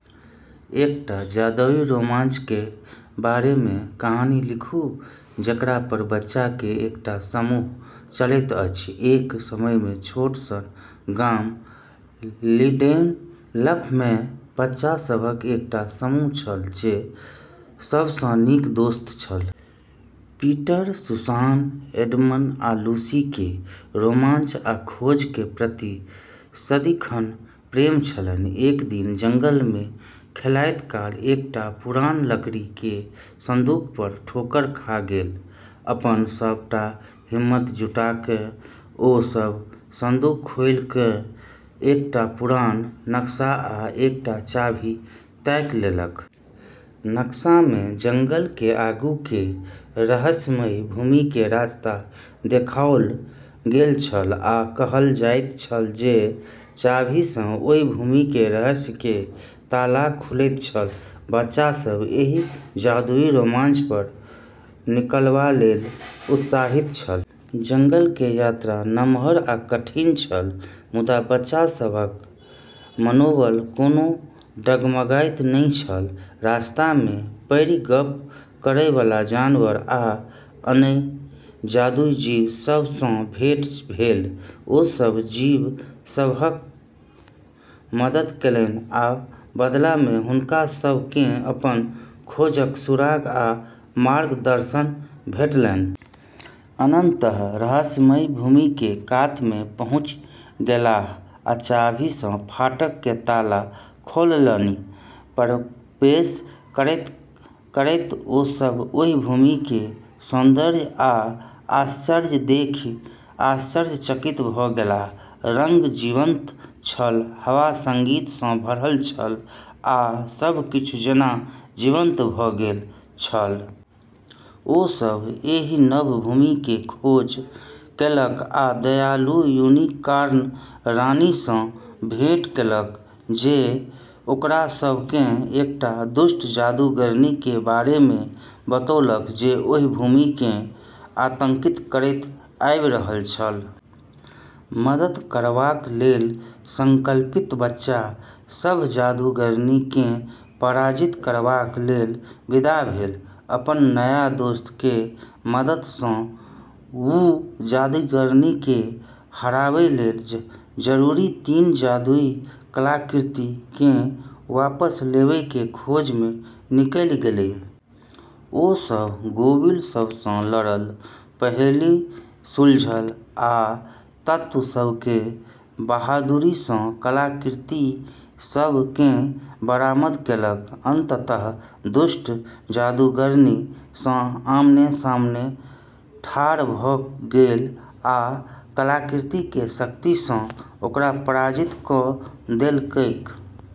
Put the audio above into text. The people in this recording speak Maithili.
एकटा जादुई रोमांच के बारे में कहानी लिखू जेकरा पर बच्चा के एकटा समूह चलैत अछि। एक समय मे छोट सन गाम लिंडेल्फ मे बच्चा सबहक एकटा समूह छल जे सब सं नीक दोस्त छल। पीटर, सुसान, एडमंड आ लूसी के रोमांच आ खोज के प्रति सदिखन प्रेम छलनि। एक दिन जंगल मे खेलाइत काल एकटा पुरान लकड़ी के संदूक पर ठोकर खा गेल। अपन सबटा हिम्मत जुटा कए ओ सब संदूक खोलि कए एकटा पुरान नक्शा आ एकटा चाभी ताकि लेलक। नक्शा मे जंगल के आगू के रहस्यमयी भूमि के रास्ता देखाओल गेल छल, आ कहल जाइत छल जे चाभी सँ ओहि भूमि के रहस्य के ताला खुलैत छल। बच्चा सब एहि जादुई रोमांच पर निकलबा लेल उत्साहित छल। जंगल के यात्रा नम्हर आ कठिन छल, मुदा बच्चा सभक मनोबल कोनो डगमगाइत नहि छल। रस्ता मे परी, गप्प करय बला जानवर, आ अन्य जादुई जीव सब सँ भेंट भेल। ओ सभ जीव सभक मदद केलनि, आ बदला मे हुनका सभ केँ अपन खोजक सुराग आ मार्गदर्शन भेटलनि। अन्ततः रहस्यमयी भूमि के कात मे पहुँचि गेलाह आ चाभी सँ फाटक के ताला खोललनि। प्रवेश करैत-करैत ओ सभ ओहि भूमि के सौन्दर्य आ आश्चर्य देखि आश्चर्यचकित भ' गेलाह। रंग जीवंत छल, हवा संगीत सँ भरल छल, आ सब किछु जेना जीवंत भऽ गेल छल। ओ सभ एहि नव भूमि के खोज केलक आ दयालु यूनिकॉर्न रानी सँ भेंट केलक, जे ओकरा सभ केँ एकटा दुष्ट जादूगरनी के बारे मे बतौलक जे ओहि भूमि केँ आतंकित करैत आबि रहल छल। मदद करबाक लेल संकल्पित बच्चा सभ जादूगरनी केँ पराजित करबाक लेल विदा भेल। अपन नया दोस्त के मदद सँ वू जादूगरनी केँ हराबै लेल जरूरी तीन जादुई कलाकृति केँ वापस लेबै के खोज मे निकली गेलै। ओ सभ गोबिल सबसँ लड़ल, पहेली सुलझल आ तत्व सब के बहादुरी सँ कलाकृति सब केँ बरामद केलक। अंततः दुष्ट जादूगरनी सँ आमने-सामने ठाढ़ भ' गेल आ कलाकृति के शक्ति सँ ओकरा पराजित क' देलकैक।